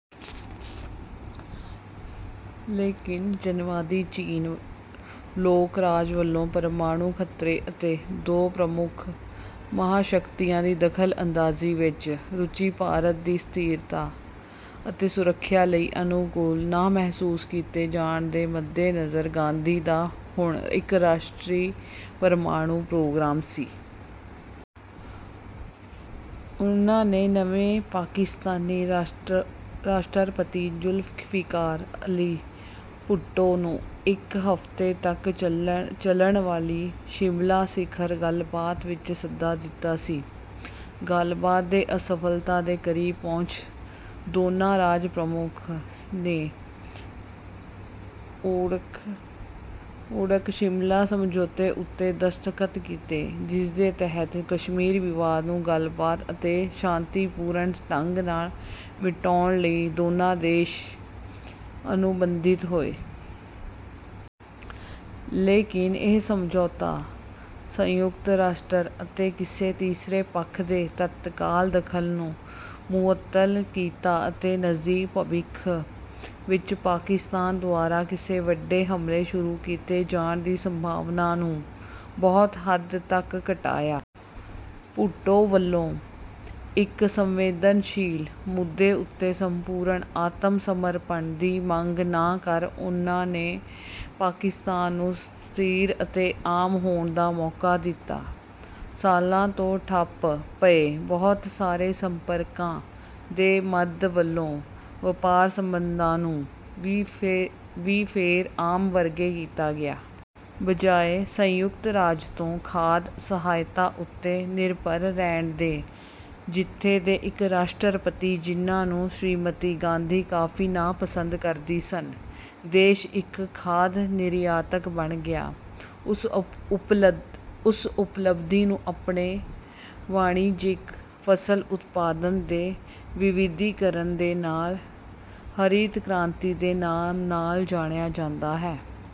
ਲੇਕਿਨ ਜਨਵਾਦੀ ਚੀਨ ਲੋਕ-ਰਾਜ ਵਲੋਂ ਪਰਮਾਣੁ ਖਤਰੇ ਅਤੇ ਦੋ ਪ੍ਰਮੁੱਖ ਮਹਾਸ਼ਕਤੀਆਂ ਦੀ ਦਖਲ ਅੰਦਾਜੀ ਵਿੱਚ ਰੁਚੀ ਭਾਰਤ ਦੀ ਸਥਿਰਤਾ ਅਤੇ ਸੁਰੱਖਿਆ ਲਈ ਅਨੁਕੂਲ ਨਾ ਮਹਿਸੂਸ ਕੀਤੇ ਜਾਣ ਦੇ ਮੱਦੇ ਨਜ਼ਰ, ਗਾਂਧੀ ਦਾ ਹੁਣ ਇੱਕ ਰਾਸ਼ਟਰੀ ਪਰਮਾਣੂ ਪ੍ਰੋਗਰਾਮ ਸੀ। ਉਨ੍ਹਾਂ ਨੇ ਨਵੇਂ ਪਾਕਿਸਤਾਨੀ ਰਾਸ਼ਟਰਪਤੀ ਜੁਲਫਿਕਾਰ ਅਲੀ ਭੁੱਟੋ ਨੂੰ ਇੱਕ ਹਫ਼ਤੇ ਤੱਕ ਚਲਣ ਵਾਲੀ ਸ਼ਿਮਲਾ ਸਿਖਰ ਗੱਲ ਬਾਤ ਵਿੱਚ ਸੱਦਾ ਦਿੱਤਾ ਸੀ। ਗੱਲ ਬਾਤ ਦੇ ਅਸਫਲਤਾ ਦੇ ਕਰੀਬ ਪਹੁੰਚ ਦੋਨਾਂ ਰਾਜ ਪ੍ਰਮੁੱਖ ਨੇ ਓੜਕ ਸ਼ਿਮਲਾ ਸਮਝੌਤੇ ਉੱਤੇ ਦਸਤਖ਼ਤ ਕੀਤੇ, ਜਿਸਦੇ ਤਹਿਤ ਕਸ਼ਮੀਰ ਵਿਵਾਦ ਨੂੰ ਗੱਲ ਬਾਤ ਅਤੇ ਸ਼ਾਂਤੀਪੂਰਨ ਢੰਗ ਨਾਲ ਮਿਟਾਉਣ ਲਈ ਦੋਨਾਂ ਦੇਸ਼ ਅਨੁਬੰਧਿਤ ਹੋਏ। ਲੇਕਿਨ ਇਹ ਸਮਝੌਤਾ ਸੰਯੁਕਤ ਰਾਸ਼ਟਰ ਅਤੇ ਕਿਸੇ ਤੀਸਰੇ ਪੱਖ ਦੇ ਤੱਤਕਾਲ ਦਖਲ ਨੂੰ ਮੁਅੱਤਲ ਕੀਤਾ ਅਤੇ ਨਜ਼ਦੀਕ ਭਵਿੱਖ ਵਿੱਚ ਪਾਕਿਸਤਾਨ ਦੁਆਰਾ ਕਿਸੇ ਵੱਡੇ ਹਮਲੇ ਸ਼ੁਰੂ ਕੀਤੇ ਜਾਣ ਦੀ ਸੰਭਾਵਨਾ ਨੂੰ ਬਹੁਤ ਹੱਦ ਤੱਕ ਘਟਾਇਆ। ਭੁੱਟੋ ਵਲੋਂ ਇੱਕ ਸੰਵੇਦਨਸ਼ੀਲ ਮੁੱਦੇ ਉੱਤੇ ਸੰਪੂਰਣ ਆਤਮ ਸਮਰਪਣ ਦੀ ਮੰਗ ਨਾ ਕਰ ਉਨ੍ਹਾਂ ਨੇ ਪਾਕਿਸਤਾਨ ਨੂੰ ਸਥਿਰ ਅਤੇ ਆਮ ਹੋਣ ਦਾ ਮੌਕਾ ਦਿੱਤਾ। ਸਾਲਾਂ ਤੋਂ ਠੱਪ ਪਏ ਬਹੁਤ ਸਾਰੇ ਸੰਪਰਕਾਂ ਦੇ ਮੱਧ ਵਲੋਂ ਵਪਾਰ ਸਬੰਧਾਂ ਨੂੰ ਵੀ ਫੇਰ ਆਮ ਵਰਗੇ ਕੀਤਾ ਗਿਆ। ਬਜਾਏ ਸੰਯੁਕਤ ਰਾਜ ਤੋਂ ਖਾਧ ਸਹਾਇਤਾ ਉੱਤੇ ਨਿਰਭਰ ਰਹਿਣ ਦੇ- ਜਿੱਥੇ ਦੇ ਇੱਕ ਰਾਸ਼ਟਰਪਤੀ ਜਿਨ੍ਹਾਂ ਨੂੰ ਸ਼੍ਰੀਮਤੀ ਗਾਂਧੀ ਕਾਫ਼ੀ ਨਾਪਸੰਦ ਕਰਦੀ ਸਨ, ਦੇਸ਼ ਇੱਕ ਖਾਧ ਨਿਰਿਆਤਕ ਬਣ ਗਿਆ। ਉਸ ਉਪਲਬਧੀ ਨੂੰ ਆਪਣੇ ਵਾਣਿਜਿਕ ਫਸਲ ਉਤਪਾਦਨ ਦੇ ਵਿਵਿਧੀਕਰਨ ਦੇ ਨਾਲ ਹਰਿਤ ਕ੍ਰਾਂਤੀ ਦੇ ਨਾਮ ਨਾਲ ਜਾਣਿਆ ਜਾਂਦਾ ਹੈ।